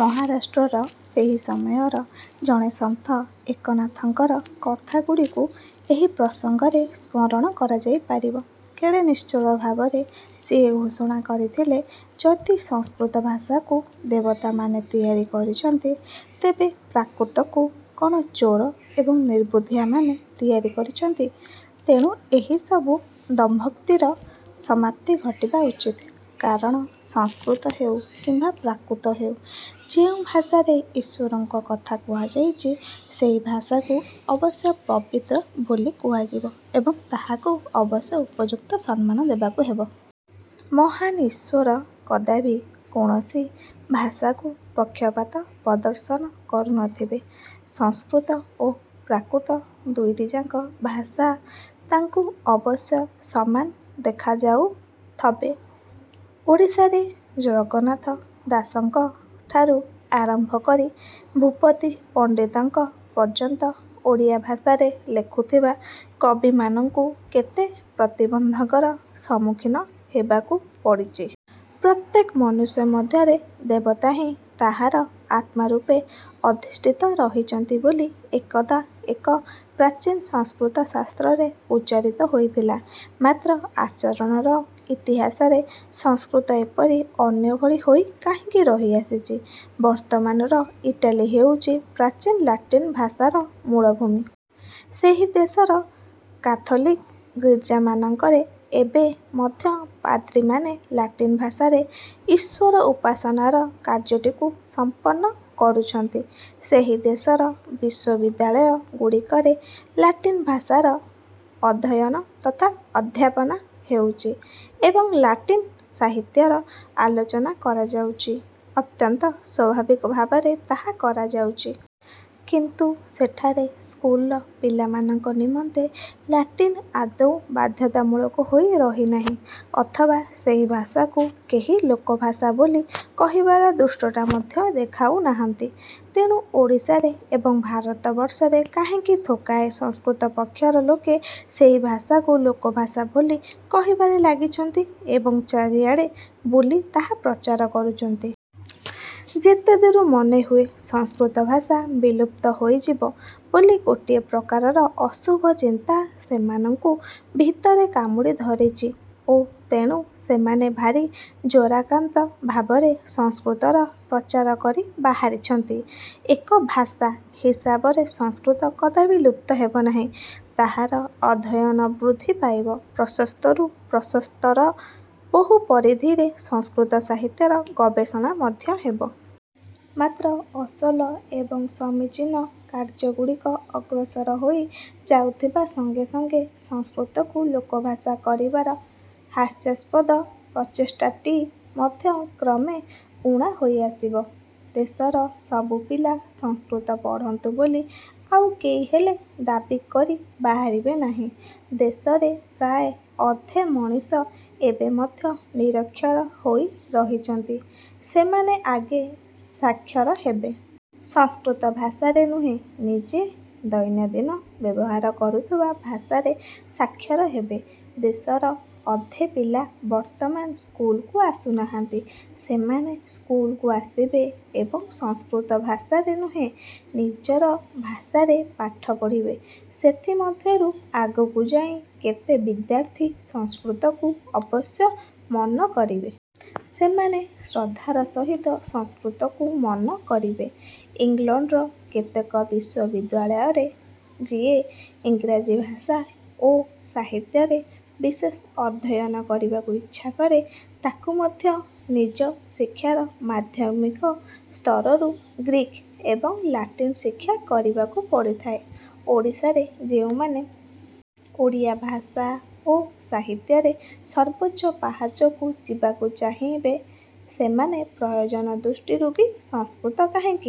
ମହାରାଷ୍ଟ୍ରର ସେହି ସମୟର ଜଣେ ସନ୍ଥ ଏକନାଥଙ୍କର କଥାଗୁଡ଼ିକୁ ଏହି ପ୍ରସଙ୍ଗରେ ସ୍ମରଣ କରାଯାଇପାରିବ। କେଡ଼େ ନିଶ୍ଚଳ ଭାବରେ ସିଏ ଘୋଷଣା କରିଥିଲେ ଯଦି ସଂସ୍କୃତଭାଷାକୁ ଦେବତାମାନେ ତିଆରି କରିଛନ୍ତି, ତେବେ ପ୍ରାକୃତକୁ କଣ ଚୋର ଏବଂ ନିର୍ବୁଦ୍ଧିଆମାନେ ତିଆରି କରିଛନ୍ତି? ତେଣୁ ଏହିସବୁ ଦମ୍ଭୋକ୍ତିର ସମାପ୍ତି ଘଟିବା ଉଚିତ୍ କାରଣ ସଂସ୍କୃତ ହେଉ କିମ୍ବା ପ୍ରାକୃତ ହେଉ, ଯେଉଁ ଭାଷାରେ ଈଶ୍ଵରଙ୍କ କଥା କୁହାଯାଇଛି, ସେହି ଭାଷାକୁ ଅବଶ୍ୟ ପବିତ୍ର ବୋଲି କୁହାଯିବ ଏବଂ ତାହାକୁ ଅବଶ୍ୟ ଉପଯୁକ୍ତ ସମ୍ମାନ ଦେବାକୁ ହେବ। ମହାନ୍ ଈଶ୍ୱର କଦାପି କୌଣସି ଭାଷାକୁ ପକ୍ଷପାତ ପ୍ରଦର୍ଶନ କରୁନଥିବେ। ସଂସ୍କୃତ ଓ ପ୍ରାକୃତ ଦୁଇଟିଯାକ ଭାଷା ତାଙ୍କୁ ଅବଶ୍ୟ ସମାନ ଦେଖାଯାଉଥବେ। ଓଡ଼ିଶାରେ ଜଗନ୍ନାଥ ଦାସଙ୍କଠାରୁ ଆରମ୍ଭ କରି ଭୂପତି ପଣ୍ଡିତଙ୍କ ପର୍ଯ୍ୟନ୍ତ ଓଡ଼ିଆ ଭାଷାରେ ଲେଖୁଥିବା କବିମାନଙ୍କୁ କେତେ ପ୍ରତିବନ୍ଧକର ସମ୍ମୁଖୀନ ହେବାକୁ ପଡ଼ିଛି। ପ୍ରତ୍ୟେକ ମନୁଷ୍ୟ ମଧ୍ୟରେ ଦେବତା ହିଁ ତାହାର ଆତ୍ମା ରୂପେ ଅଧିଷ୍ଠିତ ରହିଛନ୍ତି ବୋଲି ଏକଦା ଏକ ପ୍ରାଚୀନ ସଂସ୍କୃତଶାସ୍ତ୍ରରେ ଉଚ୍ଚାରିତ ହୋଇଥିଲା। ମାତ୍ର ଆଚରଣର ଇତିହାସରେ ସଂସ୍କୃତ ଏପରି ଅନ୍ୟ ଭଳି ହୋଇ କାହିଁକି ରହିଆସିଛି? ବର୍ତ୍ତମାନର ଇଟାଲୀ ହେଉଛି ପ୍ରାଚୀନ ଲାଟିନ୍ ଭାଷାର ମୂଳ ଭୂମି। ସେହି ଦେଶର କାଥୋଲିକ୍ ଗୀର୍ଜାମାନଙ୍କରେ ଏବେ ମଧ୍ୟ ପାଦ୍ରୀମାନେ ଲାଟିନ୍ ଭାଷାରେ ଈଶ୍ଵର ଉପାସନାର କାର୍ଯ୍ୟଟିକୁ ସମ୍ପନ୍ନ କରୁଛନ୍ତି। ସେହି ଦେଶର ବିଶ୍ୱବିଦ୍ୟାଳୟ ଗୁଡ଼ିକରେ ଲାଟିନ୍ ଭାଷାର ଅଧ୍ୟୟନ ତଥା ଅଧ୍ୟାପନା ହେଉଛି ଏବଂ ଲାଟିନ୍ ସାହିତ୍ୟର ଆଲୋଚନା କରାଯାଉଛି। ଅତ୍ୟନ୍ତ ସ୍ୱାଭାବିକ ଭାବରେ ତାହା କରାଯାଉଛି। କିନ୍ତୁ ସେଠାରେ ସ୍କୁଲର ପିଲାମାନଙ୍କ ନିମନ୍ତେ ଲାଟିନ୍ ଆଦୌ ବାଧ୍ୟତାମୂଳକ ହୋଇ ରହିନାହିଁ, ଅଥବା ସେହି ଭାଷାକୁ କେହି ଲୋକଭାଷା ବୋଲି। କହିବାର ଧୃଷ୍ଟତା ମଧ୍ୟ ଦେଖାଉନାହାନ୍ତି। ତେଣୁ ଓଡ଼ିଶାରେ ଏବଂ ଭାରତବର୍ଷରେ କାହିଁକି ଥୋକାଏ ସଂସ୍କୃତ ପକ୍ଷର ଲୋକେ ସେହି ଭାଷାକୁ ଲୋକଭାଷା ବୋଲି କହିବାରେ ଲାଗିଛନ୍ତି ଏବଂ ଚାରିଆଡ଼େ ବୁଲି ତାହା ପ୍ରଚାର କରୁଛନ୍ତି? ଯେତେଦୂର ମନେହୁଏ, ସଂସ୍କୃତଭାଷା ବିଲୁପ୍ତ ହୋଇଯିବ ବୋଲି ଗୋଟିଏ ପ୍ରକାରର ଅଶୁଭ ଚିନ୍ତା ସେମାନଙ୍କୁ ଭିତରେ କାମୁଡ଼ି ଧରିଛି ଓ ତେଣୁ ସେମାନେ ଭାରି ଜ୍ୱରାକ୍ରାନ୍ତ ଭାବରେ ସଂସ୍କୃତର ପ୍ରଚାର କରି ବାହାରିଛନ୍ତି। ଏକ ଭାଷା ହିସାବରେ ସଂସ୍କୃତ କଦାପି ଲୁପ୍ତ ହେବ ନାହିଁ। ତାହାର ଅଧ୍ୟୟନ ବୃଦ୍ଧି ପାଇବ, ପ୍ରଶସ୍ତରୁ ପ୍ରଶସ୍ତତର ବହୁ ପରିଧିରେ ସଂସ୍କୃତ ସାହିତ୍ୟର ଗବେଷଣା ମଧ୍ୟ ହେବ। ମାତ୍ର ଅସଲ ଏବଂ ସମୀଚୀନ କାର୍ଯ୍ୟଗୁଡ଼ିକ ଅଗ୍ରସର ହୋଇ ଯାଉଥିବା ସଙ୍ଗେ ସଙ୍ଗେ ସଂସ୍କୃତକୁ ଲୋକଭାଷା କରିବାର ହାସ୍ୟାସ୍ପଦ ପ୍ରଚେଷ୍ଟାଟି ମଧ୍ୟ କ୍ରମେ ଊଣା ହୋଇଆସିବ। ଦେଶର ସବୁ ପିଲା ସଂସ୍କୃତ ପଢ଼ନ୍ତୁ ବୋଲି ଆଉ କେହିହେଲେ ଦାବି କରି ବାହାରିବେ ନାହିଁ। ଦେଶରେ ପ୍ରାୟ ଅଧେ ମଣିଷ ଏବେ ମଧ୍ୟ ନିରକ୍ଷର ହୋଇ ରହିଛନ୍ତି ସେମାନେ ଆଗ ସାକ୍ଷର ହେବେ। ସଂସ୍କୃତ ଭାଷାରେ ନୁହେଁ, ନିଜେ ଦୈନନ୍ଦିନ ବ୍ୟବହାର କରୁଥିବା ଭାଷାରେ ସାକ୍ଷର ହେବେ। ଦେଶର ଅଧେ ପିଲା ବର୍ତ୍ତମାନ ସ୍କୁଲକୁ ଆସୁନାହାନ୍ତି। ସେମାନେ ସ୍କୁଲକୁ ଆସିବେ ଏବଂ ସଂସ୍କୃତ ଭାଷାରେ ନୁହେଁ, ନିଜର ଭାଷାରେ ପାଠ ପଢ଼ିବେ। ସେଥିମଧ୍ୟରୁ ଆଗକୁ ଯାଇ କେତେ ବିଦ୍ୟାର୍ଥୀ ସଂସ୍କୃତକୁ ଅବଶ୍ୟ ମନ କରିବେ। ସେମାନେ ଶ୍ରଦ୍ଧାର ସହିତ ସଂସ୍କୃତକୁ ମନ କରିବେ। ଇଂଲଣ୍ଡର କେତେକ ବିଶ୍ୱବିଦ୍ୟାଳୟରେ ଯିଏ ଇଂରାଜୀ ଭାଷା ଓ ସାହିତ୍ୟରେ ବିଶେଷ ଅଧ୍ୟୟନ କରିବାକୁ ଇଚ୍ଛା କରେ, ତାକୁ ମଧ୍ୟ ନିଜ ଶିକ୍ଷାର ମାଧ୍ୟମିକ ସ୍ତରରୁ ଗ୍ରୀକ୍ ଏବଂ ଲାଟିନ୍ ଶିକ୍ଷା କରିବାକୁ ପଡ଼ିଥାଏ। ଓଡ଼ିଶାରେ ଯେଉଁମାନେ ଓଡ଼ିଆ ଭାଷା ଓ ସାହିତ୍ୟରେ ସର୍ବୋଚ୍ଚ ପାହାଚକୁ ଯିବାକୁ ଚାହିବେ, ସେମାନେ ପ୍ରୟୋଜନ ଦୃଷ୍ଟିରୁ ବି ସଂସ୍କୃତ କାହିଁକି